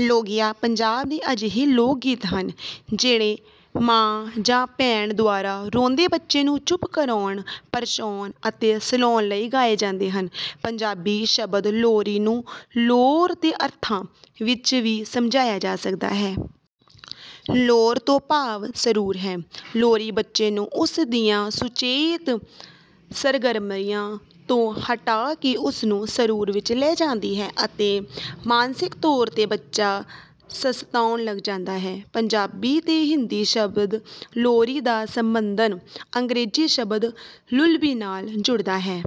ਲੋਰੀਆਂ ਪੰਜਾਬ ਦੇ ਅਜਿਹੇ ਲੋਕ ਗੀਤ ਹਨ, ਜਿਹੜੇ ਮਾਂ ਜਾਂ ਭੈਣ ਦੁਆਰਾ ਰੋਂਦੇ ਬੱਚੇ ਨੂੰ ਚੁੱਪ ਕਰਾਉਣ, ਪ੍ਰਚਾਉਣ ਅਤੇ ਸਲਾਉਣ ਲਈ ਗਾਏ ਜਾਂਦੇ ਹਨ। ਪੰਜਾਬੀ ਸ਼ਬਦ ਲੋਰੀ ਨੂੰ ਲੋਰ ਦੇ ਅਰਥਾਂ ਵਿੱਚ ਵੀ ਸਮਝਿਆ ਜਾ ਸਕਦਾ ਹੈ। ਲੋਰ ਤੋਂ ਭਾਵ ਸਰੂਰ ਹੈ। ਲੋਰੀ ਬੱਚੇ ਨੂੰ ਉਸ ਦੀਆਂ ਸੁਚੇਤ ਸਰਗਰਮੀਆਂ ਤੋਂ ਹਟਾ ਕੇ ਉਸ ਨੂੰ ਸਰੂਰ ਵਿੱਚ ਲੈ ਜਾਂਦੀ ਹੈ ਅਤੇ ਮਾਨਸਿਕ ਤੌਰ ਤੇ ਬੱਚਾ ਸਸਤਾਉਣ ਲੱਗ ਜਾਂਦਾ ਹੈ। ਪੰਜਾਬੀ ਤੇ ਹਿੰਦੀ ਸ਼ਬਦ ਲੋਰੀ ਦਾ ਸੰਬੰਧਨ ਅੰਗਰੇਜ਼ੀ ਸ਼ਬਦ ਲੁੱਲਬੀ ਨਾਲ਼ ਜੁੜਦਾ ਹੈ।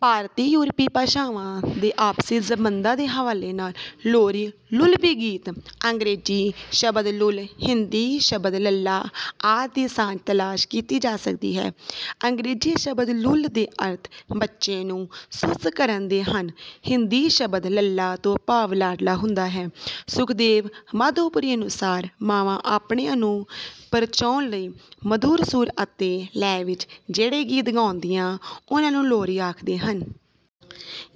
ਭਾਰਤੀ ਯੂਰਪੀ ਭਾਸ਼ਾਵਾਂ ਦੇ ਆਪਸੀ ਸੰਬੰਧਾਂ ਦੇ ਹਵਾਲੇ ਨਾਲ਼ ਲੋਰੀ, ਲੁੱਲਬੀ ਗੀਤ ਅੰਗਰੇਜ਼ੀ ਸ਼ਬਦ ਲੁੱਲ, ਹਿੰਦੀ ਸ਼ਬਦ ਲੱਲਾ ਆਦਿ ਦੀ ਸਾਂਝ ਤਲਾਸ਼ ਕੀਤੀ ਜਾ ਸਕਦੀ ਹੈ। ਅੰਗਰੇਜ਼ੀ ਸ਼ਬਦ ਲੁੱਲ ਦੇ ਅਰਥ ਬੱਚੇ ਨੂੰ ਸੁਸਤ ਕਰਨ ਦੇ ਹਨ ਹਿੰਦੀ ਸ਼ਬਦ ਲੱਲਾ ਤੋਂ ਭਾਵ ਲਾਡਲਾ ਹੁੰਦਾ ਹੈ| ਸੁਖਦੇਵ ਮਾਧੋਪੁਰੀ ਅਨੁਸਾਰ, " ਮਾਵਾਂ ਆਪਣਿਆਂ ਨੂੰ ਪ੍ਰਚਾਉਣ ਲਈ ਮਧੁਰ ਸੁਰ ਅਤੇ ਲੈਅ ਵਿੱਚ ਜਿਹੜੇ ਗੀਤ ਗਾਉਂਦੀਆਂ ਉਨ੍ਹਾਂ ਨੂੰ ਲੋਰੀ ਆਖਦੇ ਹਨ।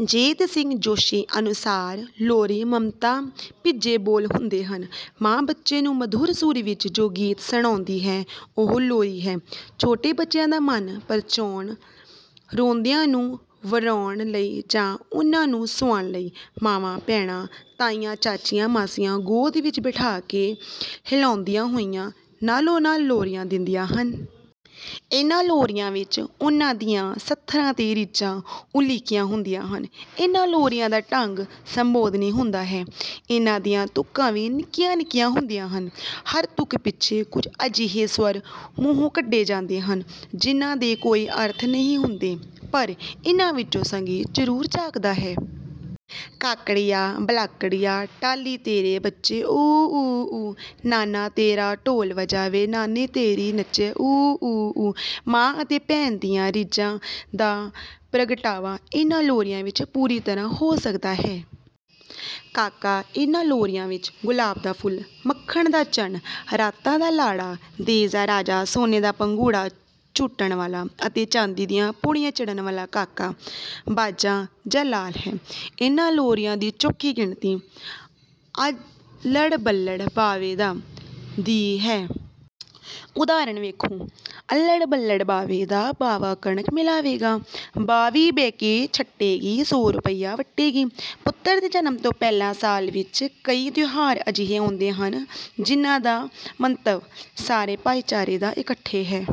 ਜੀਤ ਸਿੰਘ ਜੋਸ਼ੀ ਅਨੁਸਾਰ, " ਲੋਰੀ ਮਮਤਾ ਭਿੱਜੇ ਬੋਲ ਹੁੰਦੇ ਹਨ। ਮਾਂ ਬੱਚੇ ਨੂੰ ਮਧੁਰ ਸੁਰ ਵਿੱਚ ਜੋ ਗੀਤ ਸੁਣਾਉਂਦੀ ਹੈ, ਉਹ ਲੋਰੀ ਹੈ। " "ਛੋਟੇ ਬੱਚਿਆਂ ਦਾ ਮਨ ਪ੍ਰਚਾਉਣ ਰੋਂਦਿਆਂ ਨੂੰ ਵਰਾਉਣ ਲਈ ਜਾਂ ਉਨ੍ਹਾਂ ਨੂੰ ਸੁਆਉਣ ਲਈ ਮਾਵਾਂ, ਭੈਣਾਂ, ਤਾਈਆਂ, ਚਾਚੀਆਂ, ਮਾਸੀਆਂ ਗੋਦ ਵਿੱਚ ਬਿਠਾ ਕੇ ਹਿਲਾਉਂਦੀਆਂ ਹੋਈਆਂ ਨਾਲ਼ੋ ਨਾਲ਼ ਲੋਰੀਆਂ ਦਿੰਦੀਆਂ ਹਨ। ਇਨ੍ਹਾਂ ਲੋਰੀਆਂ ਵਿੱਚ ਉਨ੍ਹਾਂ ਦੀਆਂ ਸੱਧਰਾਂ ਤੇ ਰੀਝਾਂ ਉਲੀਕੀਆਂ ਹੁੰਦੀਆਂ ਹਨ। ਇਨ੍ਹਾਂ ਲੋਰੀਆਂ ਦਾ ਢੰਗ ਸੰਬੋਧਨੀ ਹੁੰਦਾ ਹੈ। ਇਨ੍ਹਾਂ ਦੀਆਂ ਤੁਕਾਂ ਵੀ ਨਿੱਕੀਆਂ ਨਿੱਕੀਆਂ ਹੁੰਦੀਆਂ ਹਨ। ਹਰ ਤੁਕ ਪਿੱਛੇ ਕੁੱਝ ਅਜਿਹੇ ਸਵਰ ਮੂੰਹੋਂ ਕੱਢੇ ਜਾਂਦੇ ਹਨ, ਜਿਨ੍ਹਾਂ ਦੇ ਕੋਈ ਅਰਥ ਨਹੀਂ ਹੁੰਦੇ ,ਪਰ ਇਨ੍ਹਾਂ ਵਿੱਚੋਂ ਸੰਗੀਤ ਜ਼ਰੂਰ ਝਾਕਦਾ ਹੈ। "ਕਾਕੜਿਆ ਬਲਾਕੜਿਆ, ਟਾਹਲੀ ਤੇਰੇ ਬੱਚੇ ਊਂ, ਊਂ, ਊਂ। ਨਾਨਾ ਤੇਰਾ ਢੋਲ ਵਜਾਵੇ, ਨਾਨੀ ਤੇਰੀ ਨੱਚੇ, ਊਂ, ਊਂ, ਊਂ। " "ਮਾਂ ਅਤੇ ਭੈਣ ਦੀਆਂ ਰੀਝਾਂ ਦਾ ਪ੍ਰਗਟਾਵਾ ਇਨ੍ਹਾਂ ਲੋਰੀਆਂ ਵਿੱਚ ਪੂਰੀ ਤਰ੍ਹਾਂ ਹੋ ਸਕਦਾ ਹੈ। ਕਾਕਾ ਇਨ੍ਹਾਂ ਲੋਰੀਆਂ ਵਿੱਚ ਗੁਲਾਬ ਦਾ ਫੁੱਲ, ਮੱਖਣ ਦਾ ਚੰਨ, ਰਾਤਾਂ ਦਾ ਲਾੜਾ, ਦੇਸ਼ ਦਾ ਰਾਜਾ, ਸੋਨੇ ਦਾ ਪੰਘੂੜਾ ਝੂਟਣ ਵਾਲ਼ਾ ਅਤੇ ਚਾਂਦੀ ਦੀਆਂ ਪੌੜੀਆਂ ਚੜ੍ਹਨ ਵਾਲ਼ਾ ਕਾਕਾ ਬਾਵਾ ਜਾਂ ਲਾਲ ਹੈ। ਇਨ੍ਹਾਂ ਲੋਰੀਆਂ ਦੀ ਚੋਖੀ ਗਿਣਤੀ ' ਅੱਲ੍ਹੜ ਬੱਲ੍ਹੜ ਬਾਵੇ ਦਾ ' ਦੀ ਹੈ। " ਉਦਾਹਰਨ ਵੇਖੋ: " ਅੱਲ੍ਹੜ ਬੱਲ੍ਹੜ ਬਾਵੇ ਦਾ, ਬਾਵਾ ਕਣਕ ਲਿਆਵੇਗਾ, ਬਾਵੀ ਬਹਿ ਕੇ ਛੱਟੇਗੀ, ਸੌ ਰੁਪਈਆ ਵੱਟੇਗੀ। " ਪੁੱਤਰ ਦੇ ਜਨਮ ਦੇ ਪਹਿਲੇ ਸਾਲ ਵਿੱਚ ਕਈ ਤਿਉਹਾਰ ਅਜਿਹੇ ਆਉਂਦੇ ਹਨ ਜਿਨ੍ਹਾਂ ਦਾ ਮੰਤਵ ਸਾਰੇ ਭਾਈਚਾਰੇ ਦਾ ਇਕੱਠੇ ਹੈ